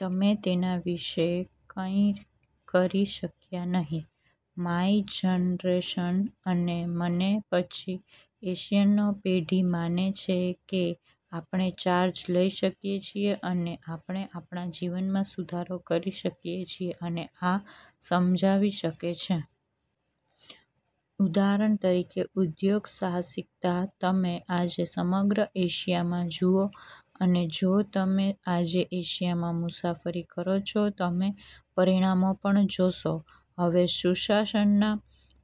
તમે તેના વિશે કંઇ કરી શક્યા નહીં. માય જનરેશન અને મને પછી એશિયનો પેઢી માને છે કે આપણે ચાર્જ લઈ શકીએ છીએ અને આપણે આપણા જીવનમાં સુધારો કરી શકીએ છીએ અને આ સમજાવી શકે છે. ઉદાહરણ તરીકે, ઉદ્યોગ સાહસિકતા તમે આજે સમગ્ર એશિયામાં જુઓ અને જો તમે આજે એશિયામાં મુસાફરી કરો છો, તમે પરિણામો પણ જોશો. હવે સુશાસનના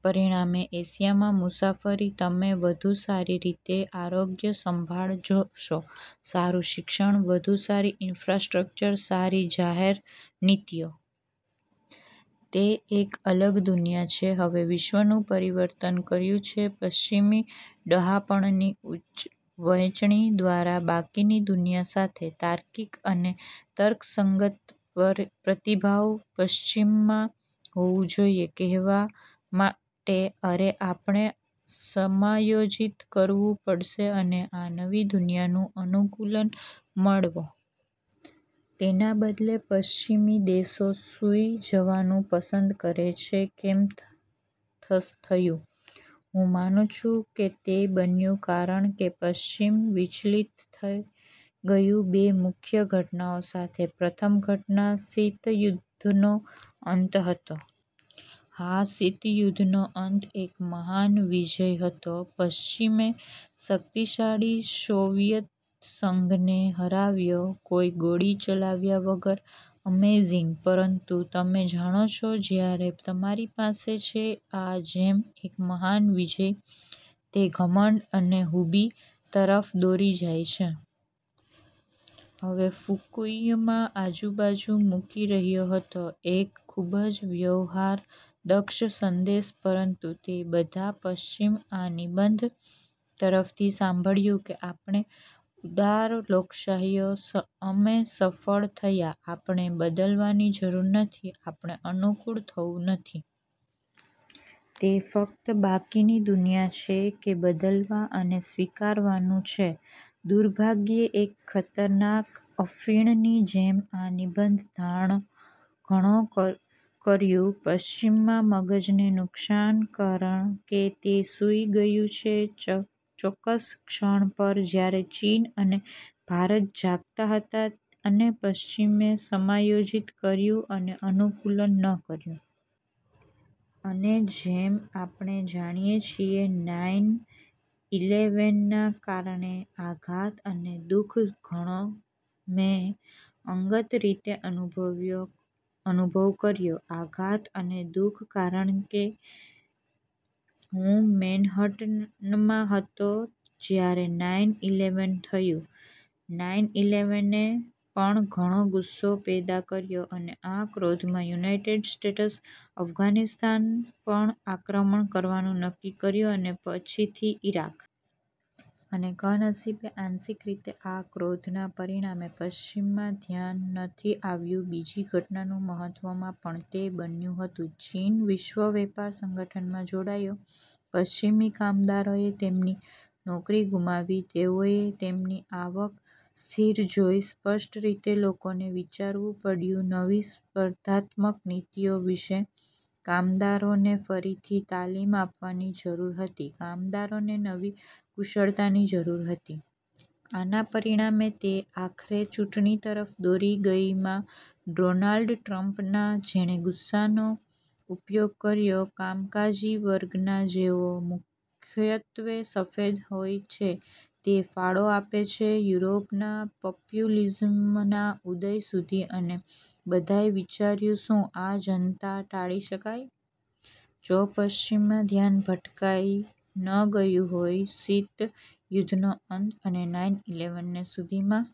પરિણામે એશિયામાં મુસાફરી તમે વધુ સારી રીતે આરોગ્ય સંભાળ જોશો, સારું શિક્ષણ, વધુ સારી ઈન્ફ્રાસ્ટ્રક્ચર, સારી જાહેર નીતિઓ. તે એક અલગ દુનિયા છે. હવે વિશ્વનું પરિવર્તન કર્યું છે પશ્ચિમી ડહાપણની વહેંચણી દ્વારા બાકીની દુનિયા સાથે. તાર્કિક અને તર્કસંગત પ્રતિભાવ પશ્ચિમમાં હોવું જોઈએ કહેવા માટે, "અરે, આપણે સમાયોજિત કરવું પડશે અને આ નવી દુનિયામાં અનુકૂલન મેળવો." તેના બદલે, પશ્ચિમી દેશો સૂઈ જવાનું પસંદ કરે છે. કેમ થયું? હું માનું છું કે તે બન્યું કારણ કે પશ્ચિમ વિચલિત થઈ ગયું બે મુખ્ય ઘટનાઓ સાથે. પ્રથમ ઘટના શીત યુદ્ધનો અંત હતો. હા, શીત યુદ્ધનો અંત એક મહાન વિજય હતો. પશ્ચિમે શકિતશાળી સોવિયત સંઘને હરાવ્યો કોઈ ગોળી ચલાવ્યા વગર. અમેઝિંગ! પરંતુ તમે જાણો છો, જ્યારે તમારી પાસે છે આ જેમ એક મહાન વિજય, તે ઘમંડ અને હુબ્રી તરફ દોરી જાય છે? હવે, ફુકુયમા આજુબાજુ મૂકી રહ્યો હતો એક ખૂબ જ વ્યવહારદક્ષ સંદેશ પરંતુ તે બધાં પશ્ચિમ આ નિબંધ પરથી સાંભળ્યું કે આપણે ઉદાર લોકશાહીઓ અમે સફળ થયા, આપણે બદલવાની જરૂર નથી, આપણે અનુકૂળ થવું નથી. તે ફક્ત બાકીની દુનિયા છે કે બદલવા અને સ્વીકારવાનું છે. દુર્ભાગ્યે, એક ખતરનાક અફીણની જેમ આ નિબંધ ઘણો કર્યું પશ્ચિમમાં મગજને નુકસાન કારણ કે તે સૂઈ ગયું છે ચોક્કસ ક્ષણ પર જ્યારે ચીન અને ભારત જાગતા હતા અને પશ્ચિમે સમાયોજિત કર્યું અને અનુકૂલન ન કર્યું. અને જેમ આપણે જાણીએ છીએ નાઈન ઈલેવેનના કારણે આઘાત અને દુઃખ ઘણો. મેં અંગત રીતે અનુભવ કર્યો આઘાત અને દુઃખ કારણ કે હું મેનહટનમાં હતો જ્યારે નાઈન ઈલેવેન થયું. નાઈન ઈલેવેને પણ ઘણો ગુસ્સો પેદા કર્યો અને આ ક્રોધમાં યુનાઇટેડ સ્ટેટ્સ અફઘાનિસ્તાન પર આક્રમણ કરવાનું નક્કી કર્યું અને પછીથી ઇરાક. અને કમનસીબે આંશિક રીતે આ ક્રોધના પરિણામે, પશ્ચિમમાં ધ્યાન નથી આવ્યું બીજી ઘટનાનું મહત્વમાં પણ તે બન્યું હતું. ચીન વિશ્વ વેપાર સંગઠનમાં જોડાયો. પશ્ચિમી કામદારોએ તેમની નોકરી ગુમાવી. તેઓએ તેમની આવક સ્થિર જોઈ, સ્પષ્ટ રીતે લોકોને વિચારવું પડ્યું નવી સ્પર્ધાત્મક નીતિઓ વિશે, કામદારોને ફરીથી તાલીમ આપવાની જરૂર હતી, કામદારોને નવી કુશળતાની જરૂર હતી. આના પરિણામે, તે આખરે ચૂંટણી તરફ દોરી ગઈમાં ડોનાલ્ડ ટ્રમ્પના, જેણે ગુસ્સોનો ઉપયોગ કર્યો કામકાજી વર્ગના, જેઓ મુખ્યત્વે સફેદ હોય છે. તે ફાળો આપે છે યુરોપમાં પપ્યુલીઝમના ઉદય સુધી. અને બધાએ વિચાર્યું શું આ જનતા ટાળી શકાય? જો પશ્ચિમમાં ધ્યાન ભટકાઈ ન ગયું હોય શીત યુદ્ધનો અંત અને નાઈન ઈલેવેન સુધીમાં?